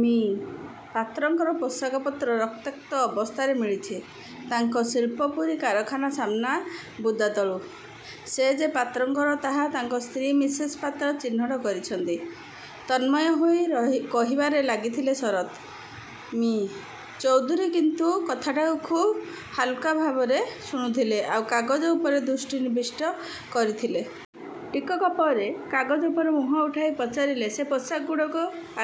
ମି: ପାତ୍ରଙ୍କର ପୋଷାକ ପତ୍ର ରକ୍ତାକ୍ତ ଅବସ୍ଥାରେ ମିଳିଛି, ତାଙ୍କ ଶିଳ୍ପପୁରୀ କାରଖାନା ସାମ୍ନା ବୁଦାତଳୁ। ସେ ଯେ ପାତ୍ରଙ୍କର ତାହା ତାଙ୍କ ସ୍ତ୍ରୀ ମିସେସ୍ ପାତ୍ର ଚିହ୍ନଟ କରିଛନ୍ତି। '' ତନ୍ମୟ ହୋଇ କହିବାରେ ଲାଗିଥିଲେ ଶରତ୍। ମି: ଚୌଧୁରୀ କିନ୍ତୁ କଥାଟାକୁ ଖୁବ୍ ହାଲୁକା ଭାବରେ ଶୁଣୁଥିଲେ ଆଉ କାଗଜ ଉପରେ ଦୃଷ୍ଟି ନିବିଷ୍ଟ କରିଥିଲେ। ଟିକକ ପରେ କାଗଜ ଉପରୁ ମୁହଁ ଉଠାଇ ପଚାରିଲେ, ''ସେ ପୋଷାକଗୁଡ଼ିକ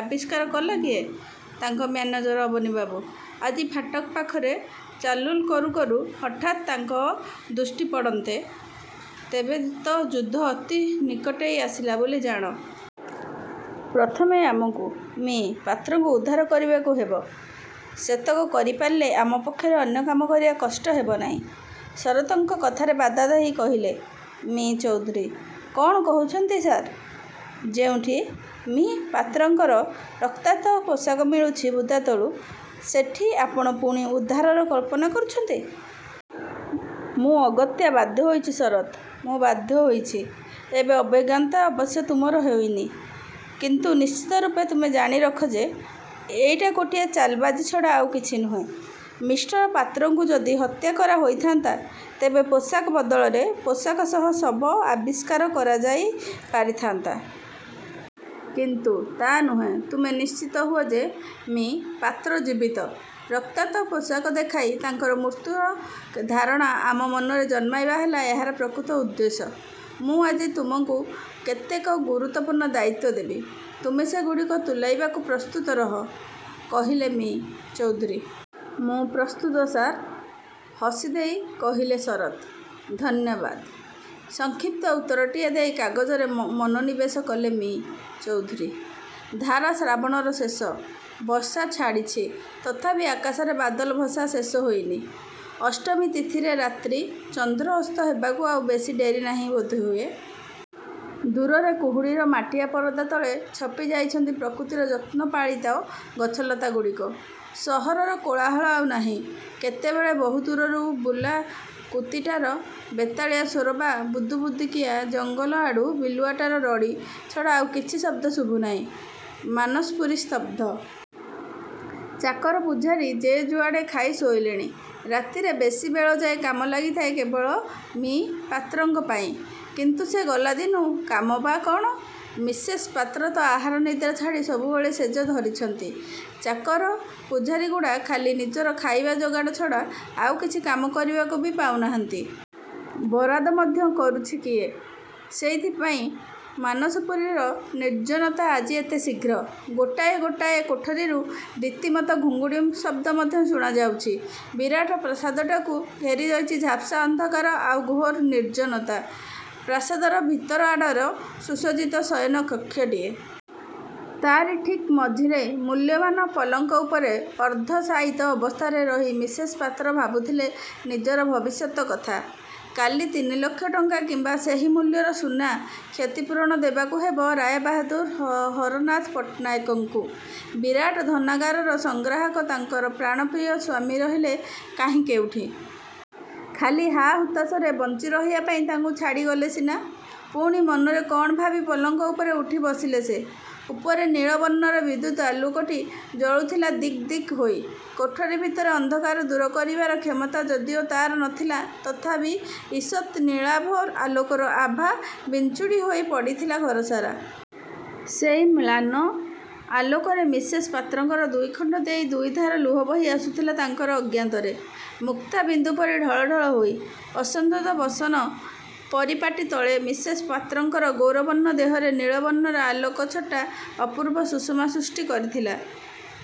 ଆବିଷ୍କାର କଲା କିଏ? '' ''ତାଙ୍କ ମ୍ୟାନେଜର ଅବନୀବାବୁ। ଆଜି ଫାଟକ ପାଖରେ ଚାଲ୍ବୁଲ୍ କରୁ କରୁ ହଠାତ୍ ତାଙ୍କ ଦୃଷ୍ଟିପଡ଼ନ୍ତେ। '' ''ତେବେ ତ ଯୁଦ୍ଧ ଅତି ନିକଟେଇ ଆସିଲା ବୋଲି ଜାଣ। ପ୍ରଥମେ ଆମକୁ ମି: ପାତ୍ରଙ୍କୁ ଉଦ୍ଧାର କରିବାକୁ ହେବ। ସେତକ କରି ପାରିଲେ ଆମ ପକ୍ଷରେ ଅନ୍ୟ କାମ କରିବା କଷ୍ଟ ହେବ ନାହିଁ। '' ଶରତ୍ଙ୍କ କଥାରେ ବାଧାଦେଇ କହିଲେ ମି: ଚୌଧୁରୀ। ''କ'ଣ କହୁଛନ୍ତି ସାର୍? ଯେଉଁଠି ମି: ପାତ୍ରଙ୍କର ରକ୍ତାକ୍ତ ପୋଷାକ ମିଳୁଛି ବୁଦାତଳୁ, ସେଠି ଆପଣ ପୁଣି ଉଦ୍ଧାରର କଳ୍ପନା କରୁଛନ୍ତି? ''ମୁଁ ଅଗତ୍ୟା ବାଧ୍ୟହୋଇଛି ଶରତ୍, ମୁଁ ବାଧ୍ୟହୋଇଛି। ଏବେ ଅଭିଜ୍ଞତା ଅବଶ୍ୟ ତୁମର ହେଇନି; କିନ୍ତୁ ନିଶ୍ଚିତ ରୂପେ ତୁମେ ଜାଣି ରଖ ଯେ, ଏଇଟା ଗୋଟାଏ ଚାଲବାଜି ଛଡ଼ା ଆଉ କିଛି ନୁହେଁ। ମିଷ୍ଟର ପାତ୍ରଙ୍କୁ ଯଦି ହତ୍ୟାକରା ହୋଇଥାନ୍ତା, ତେବେ ପୋଷାକ ବଦଳରେ ପୋଷାକ ସହ ଶବ ଆବିଷ୍କାର କରାଯାଇ ପାରିଥାନ୍ତା। କିନ୍ତୁ ତା' ନୁହେଁ। ତୁମେ ନିଶ୍ଚିତ ହୁଅ ଯେ-ମି: ପାତ୍ର ଜୀବିତ। ରକ୍ତାକ୍ତ ପୋଷାକ ଦେଖାଇ, ତାଙ୍କର ମୃତ୍ୟୁର ଧାରଣା ଆମ ମନରେ ଜନ୍ମାଇବା ହେଲା ଏହାର ପ୍ରକୃତ ଉଦ୍ଦେଶ୍ୟ। ମୁଁ ଆଜି ତୁମକୁ କେତେକ ଗୁରୁତ୍ୱପୂର୍ଣ୍ଣ ଦାୟିତ୍ୱ ଦେବି। ତୁମେ ସେ ଗୁଡ଼ିକୁ ତୁଲାଇବାକୁ ପ୍ରସ୍ତୁତ ରହ''-କହିଲେ ମି: ଚୌଧୁରୀ। ''ମୁଁ ପ୍ରସ୍ତୁତ ସାର୍! '' -ହସିଦେଇ କହିଲେ ଶରତ୍। ''ଧନ୍ୟବାଦ! '' -ସଂକ୍ଷିପ୍ତ ଉତ୍ତରଟିଏ ଦେଇ କାଗଜରେ ମନୋନିବେଶ କଲେ ମି: ଚୌଧୁରୀ। ଧାରା ଶ୍ରାବଣର ଶେଷ। ବର୍ଷା ଛାଡ଼ିଛି, ତଥାପି ଆକାଶରେ ବାଦଲ ଭସା ଶେଷ ହୋଇନି। ଅଷ୍ଟମୀ ତିଥିରେ ରାତ୍ରି; ଚନ୍ଦ୍ର ଅସ୍ତ ହେବାକୁ ଆଉ ବେଶୀ ଡେରି ନାହିଁ ବୋଧହୁଏ। ଦୂରରେ କୁହୁଡ଼ିର ମାଟିଆ ପରଦା ତଳେ ଛପି ଯାଇଛନ୍ତି ପ୍ରକୃତିର ଯତ୍ନପାଳିତ ଗଛଲତାଗୁଡ଼ିକ। ସହରର କୋଳାହଳ ଆଉ ନାହିଁ। କେତେବେଳେ ବହୁ ଦୂରରୁ ବୁଲା କୁତିଟାର ବେତାଳିଆ ସ୍ୱର ବା ବୁଦିବୁଦିକିଆ ଜଙ୍ଗଲଆଡ଼ୁ ବିଲୁଆଟାର ରଡ଼ି ଛଡ଼ା ଆଉ କିଛି ଶବ୍ଦ ଶୁଭୁ ନାହିଁ-। ମାନସପୁରୀ ସ୍ତବ୍ଧ। ଚାକର ପୁଝାରୀ ଯେ ଯୁଆଡ଼େ ଖାଇ ଶୋଇଲେଣି। ରାତିରେ ବେଶୀ ବେଳଯାଏ କାମ ଲାଗିଥାଏ କେବଳ ମି: ପାତ୍ରଙ୍କ ପାଇଁ। କିନ୍ତୁ ସେ ଗଲାଦିନୁ ଆଉ କାମ ବା କ'ଣ? ମିସେସ୍ ପାତ୍ର ତ ଆହାର ନିଦ୍ରା ଛାଡ଼ି ସବୁବେଳେ ଶେଯ ଧରିଛନ୍ତି। ଚାକର ପୁଝାରୀଗୁଡ଼ା ଖାଲି ନିଜର ଖାଇବା ଯୋଗାଡ଼ ଛଡ଼ା ଆଉ କିଛି କାମ କରିବାକୁ ବି ପାଉନାହାନ୍ତି। ବରାଦ ମଧ୍ୟ କରୁଛି କିଏ? ସେଇଥି ପାଇଁ ମାନସପୁରୀର ନିର୍ଜନତା ଆଜି ଏତେ ଶୀଘ୍ର। ଗୋଟାଏ ଗୋଟାଏ କୋଠରୀରୁ ରୀତିମତ ଘୁଙ୍ଗୁଡ଼ି ଶବ୍ଦ ମଧ୍ୟ ଶୁଣାଯାଉଛି। ବିରାଟ ପ୍ରାସାଦଟାକୁ ଘେରି ରହିଛି ଝାପ୍ସା ଅନ୍ଧକାର ଆଉ ଘୋର ନିର୍ଜନତା। ପ୍ରାସାଦର ଭିତର ଆଡ଼ର ସୁସଜ୍ଜିତ ଶୟନ କକ୍ଷଟିଏ। ତା'ରି ଠିକ୍ ମଝିରେ ମୂଲ୍ୟବାନ ପଲଙ୍କ ଉପରେ ଅର୍ଦ୍ଧଶାୟିତ ଅବସ୍ଥାରେ ରହି ମିସେସ୍ ପାତ୍ର ଭାବୁଥିଲେ ନିଜର ଭବିଷ୍ୟତ୍ କଥା-''କାଲି ତିନିଲକ୍ଷ ଟଙ୍କା କିମ୍ବା ସେହି ମୂଲ୍ୟର ସୁନା କ୍ଷତିପୂରଣ ଦେବାକୁ ହେବ ରାୟବାହାଦୂର ହରନାଥ ପଟ୍ଟନାୟକଙ୍କୁ। ବିରାଟ ଧନାଗାରର ସଂଗ୍ରାହକ ତାଙ୍କର ପ୍ରାଣପ୍ରିୟ ସ୍ୱାମୀ ରହିଲେ କାହିଁ କେଉଁଠି? ଖାଲି ହା-ହୁତାଶରେ ବଞ୍ଚିରହିବା ପାଇଁ ତାଙ୍କୁ ଛାଡ଼ିଗଲେ ସିନା! '' ପୁଣି ମନରେ କ'ଣ ଭାବି ପଲଙ୍କ ଉପରେ ଉଠି ବସିଲେ ସେ। ଉପରେ ନୀଳ ବର୍ଣ୍ଣର ବିଦ୍ୟୁତ୍ ଆଲୋକଟି ଜଳୁଥିଲା ଦିକ୍ ଦିକ୍ ହୋଇ। କୋଠରୀ ଭିତରର ଅନ୍ଧକାର ଦୂର କରିବାର କ୍ଷମତା ଯଦିଓ ତା'ର ନ ଥିଲା, ତଥାପି ଇଷତ୍ ନୀଳାଭ ଆଲୋକର ଆଭା ବିଞ୍ଚୁଡ଼ି ହୋଇ ପଡ଼ିଥିଲା ଘରସାରା। ସେଇ ମ୍ଳାନ ଆଲୋକରେ ମିସେସ୍ ପାତ୍ରଙ୍କର ଦୁଇଖଣ୍ଡ ଦେଇ ଦୁଇଧାର ଲୁହ ବହି ଆସୁଥିଲା ତାଙ୍କର ଅଜ୍ଞାତରେ, ମୁକ୍ତା ବିନ୍ଦୁପରି ଢଳ ଢଳ ହୋଇ। ଅସଂଯତ ବସନ ପରିପାଟି ତଳେ ମିସେସ୍ ପାତ୍ରଙ୍କର ଗୌରବର୍ଣ୍ଣ ଦେହରେ ନୀଳବର୍ଣ୍ଣର ଆଲୋକଛଟା ଅପୂର୍ବ ସୁଷମା ସୃଷ୍ଟି କରିଥିଲା।